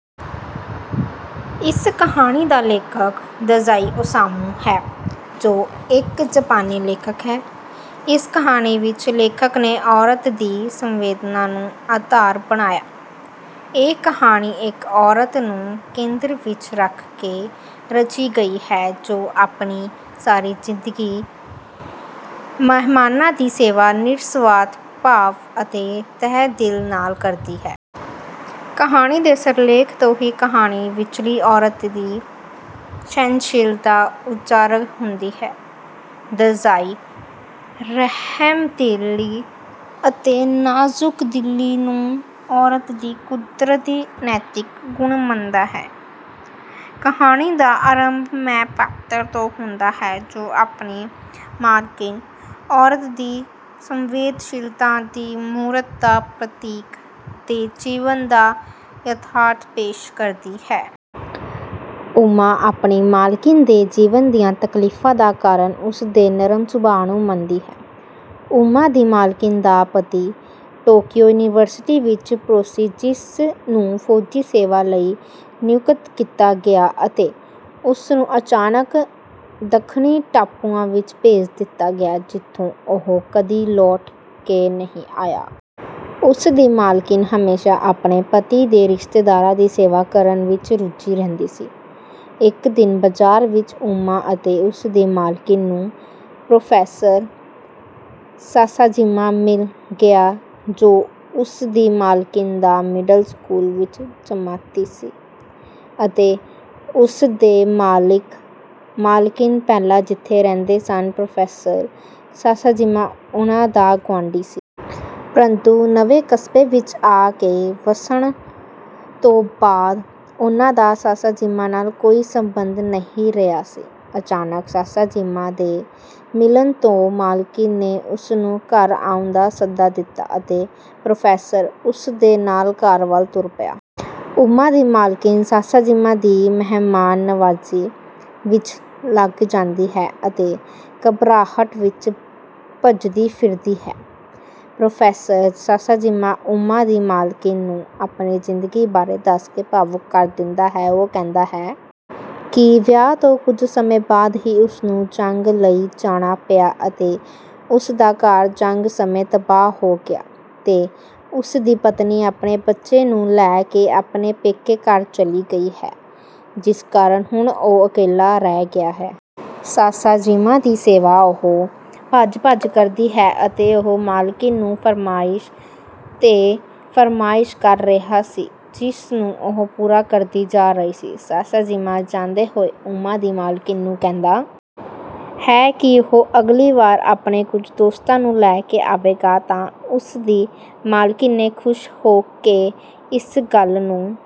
ਇਸ ਕਹਾਣੀ ਦਾ ਲੇਖਕ ਦਜ਼ਾਈ ਓਸਾਮੂ ਹੈ ਜੋ ਇੱਕ ਜਪਾਨੀ ਲੇਖਕ ਹੈ। ਇਸ ਕਹਾਣੀ ਵਿੱਚ ਲੇਖਕ ਨੇ ਔਰਤ ਦੀ ਸੰਵੇਦਨਾ ਨੂੰ ਆਧਾਰ ਬਣਾਇਆ। ਇਹ ਕਹਾਣੀ ਇੱਕ ਔਰਤ ਨੂੰ ਕੇਂਦਰ ਵਿੱਚ ਰੱਖ ਕੇ ਰਚੀ ਗਈ ਹੈ ਜੋ ਆਪਣੀ ਸਾਰੀ ਜ਼ਿੰਦਗੀ ਮਹਿਮਾਨਾਂ ਦੀ ਸੇਵਾ ਨਿਰਸਵਾਰਥ ਭਾਵ ਅਤੇ ਤਹਿ ਦਿਲ ਨਾਲ ਕਰਦੀ ਹੈ। ਕਹਾਣੀ ਦੇ ਸਿਰਲੇਖ ਤੋਂ ਹੀ ਕਹਾਣੀ ਵਿਚਲੀ ਔਰਤ ਦੀ ਸਹਿਨਸ਼ੀਲਤਾ ਉਜਾਗਰ ਹੁੰਦੀ ਹੈ। ਦਜ਼ਾਈ ਰਹਿਮਦਿਲੀ ਅਤੇ ਨਾਜ਼ੁਕ ਦਿਲੀ ਨੂੰ ਔਰਤ ਦੀ ਕੁਦਰਤੀ ਨੈਤਿਕ ਗੁਣ ਮੰਨਦਾ ਹੈ। ਕਹਾਣੀ ਦਾ ਆਰੰਭ ਮੈਂ ਪਾਤਰ ਤੋਂ ਹੁੰਦਾ ਹੈ ਜੋ ਆਪਣੀ ਮਾਲਕਿਨ, ਔਰਤ ਦੀ ਸੰਵੇਦਸ਼ੀਲਤਾ ਦੀ ਮੂਰਤ ਦਾ ਪ੍ਰਤੀਕ, ਦੇ ਜੀਵਨ ਦਾ ਯਥਾਰਥ ਪੇਸ਼ ਕਰਦੀ ਹੈ। ਉਮਾ ਆਪਣੀ ਮਾਲਕਿਨ ਦੇ ਜੀਵਨ ਦੀਆਂ ਤਕਲੀਫਾਂ ਦਾ ਕਾਰਨ ਉਸ ਦੇ ਨਰਮ ਸੁਭਾਅ ਨੂੰ ਮੰਨਦੀ ਹੈ। ਉਮਾ ਦੀ ਮਾਲਕਿਨ ਦਾ ਪਤੀ ਟੋਕੀਯੋ ਯੂਨੀਵਰਸਿਟੀ ਵਿੱਚ ਪ੍ਰੋਸੀ ਜਿਸ ਨੂੰ ਫੌਜੀ-ਸੇਵਾ ਲਈ ਨਿਯੁਕਤ ਕੀਤਾ ਗਿਆ ਅਤੇ ਉਸਨੂੰ ਅਚਾਨਕ ਦੱਖਣੀ ਟਾਪੂਆਂ ਵਿੱਚ ਭੇਜ ਦਿੱਤਾ ਗਿਆ ਜਿਥੋਂ ਉਹ ਕਦੀ ਲੋਟ ਕੇ ਨਹੀਂ ਆਇਆ। ਉਸ ਦੀ ਮਾਲਕਿਨ ਹਮੇਸ਼ਾ ਆਪਣੇ ਪਤੀ ਦੇ ਰਿਸ਼ਤੇਦਾਰਾਂ ਦੀ ਸੇਵਾ ਕਰਨ ਵਿੱਚ ਰੁੱਝੀ ਰਹਿੰਦੀ ਸੀ। ਇੱਕ ਦਿਨ ਬਜ਼ਾਰ ਵਿੱਚ ਉਮਾ ਅਤੇ ਉਸ ਦੀ ਮਾਲਕਿਨ ਨੂੰ ਪ੍ਰੋਫੈਸਰ ਸਾਸਾਜੀਮਾ ਮਿਲ ਗਿਆ ਜੋ ਉਸ ਦੀ ਮਾਲਕਿਨ ਦਾ ਮਿਡਲ ਸਕੂਲ ਵਿੱਚ ਜਮਾਤੀ ਸੀ ਅਤੇ ਉਸ ਦੇ ਮਾਲਿਕ ਮਾਲਕਿਨ ਪਹਿਲਾਂ ਜਿਥੇ ਰਹਿੰਦੇ ਸਨ ਪ੍ਰੋਫੈਸਰ ਸਾਸਾਜੀਮਾ ਉਹਨਾਂ ਦਾ ਗੁਆਂਡੀ ਸੀ। ਪਰੰਤੂ ਨਵੇਂ ਕਸਬੇ ਵਿੱਚ ਆ ਕੇ ਵਸਣ ਤੋਂ ਬਾਅਦ ਉਹਨਾਂ ਦਾ ਸਾਸਾਜੀਮਾ ਨਾਲ ਕੋਈ ਸੰਬਧ ਨਹੀਂ ਰਿਹਾ ਸੀ। ਅਚਾਨਕ ਸਾਸਾਜੀਮਾ ਦੇ ਮਿਲਣ ਤੋਂ ਮਾਲਕਿਨ ਨੇ ਉਸਨੂੰ ਘਰ ਆਉਣ ਦਾ ਸੱਦਾ ਦਿੱਤਾ ਅਤੇ ਪ੍ਰੋਫੈਸਰ ਉਸ ਦੇ ਨਾਲ ਘਰ ਵਾਲ ਤੁਰ ਪਿਆ। ਉਮਾ ਦੀ ਮਾਲਕਿਨ ਸਾਸਾਜੀਮਾ ਦੀ ਮਹਿਮਾਨ ਨਿਵਾਜ਼ੀ ਵਿੱਚ ਲੱਗ ਜਾਂਦੀ ਹੈ ਅਤੇ ਘਬਰਾਹਟ ਵਿੱਚ ਭੱਜਦੀ ਫਿਰਦੀ ਹੈ। ਪ੍ਰੋਫੈਸਰ ਸਾਸਾਜਿਮਾ, ਉਮਾ ਦੀ ਮਾਲਕਿਨ ਨੂੰ ਆਪਣੀ ਜ਼ਿੰਦਗੀ ਬਾਰੇ ਦੱਸ ਕੇ ਭਾਵੁਕ ਕਰ ਦਿੰਦਾ ਹੈ। ਉਹ ਕਹਿੰਦਾ ਹੈ ਕਿ ਵਿਆਹ ਤੋਂ ਕੁੱਝ ਸਮੇਂ ਬਾਅਦ ਹੀ ਉਸਨੂੰ ਜੰਗ ਲਈ ਜਾਣਾ ਪਿਆ ਅਤੇ ਉਸ ਦਾ ਘਰ ਜੰਗ ਸਮੇਂ ਤਬਾਹ ਹੋ ਗਿਆ ਤੇ ਉਸ ਦੀ ਪਤਨੀ ਆਪਣੇ ਬੱਚੇ ਨੂੰ ਲੈ ਕੇ ਆਪਣੇ ਪੇਕੇ ਘਰ ਚਲੀ ਗਈ ਹੈ ਜਿਸ ਕਾਰਨ ਹੁਣ ਓਹ ਇਕੱਲਾ ਰਹਿ ਗਿਆ ਹੈ। ਸਾਸਾਜੀਮਾ ਦੀ ਸੇਵਾ ਉਹ ਭੱਜ-ਭੱਜ ਕਰਦੀ ਹੈ ਅਤੇ ਉਹ ਮਾਲਕਿਨ ਨੂੰ ਫਰਮਾਇਸ਼ ਤੇ ਫਰਮਾਇਸ਼ ਕਰ ਰਿਹਾ ਸੀ ਜਿਸ ਨੂੰ ਉਹ ਪੂਰਾ ਕਰਦੀ ਜਾ ਰਹੀ ਸੀ। ਸਾਸਾਜੀਮਾ ਜਾਂਦੇ ਹੋਏ ਉਮਾ ਦੀ ਮਾਲਕਿਨ ਨੂੰ ਕਹਿੰਦਾ ਹੈ ਕਿ ਉਹ ਅਗਲੀ ਵਾਰ ਆਪਣੇ ਕੁੱਝ ਦੋਸਤਾਂ ਨੂੰ ਲੈ ਕੇ ਆਵੇਗਾ ਤਾਂ ਉਸ ਦੀ ਮਾਲਕਿਨ ਨੇ ਖੁਸ਼ ਹੋ ਕੇ ਇਸ ਗੱਲ ਨੂੰ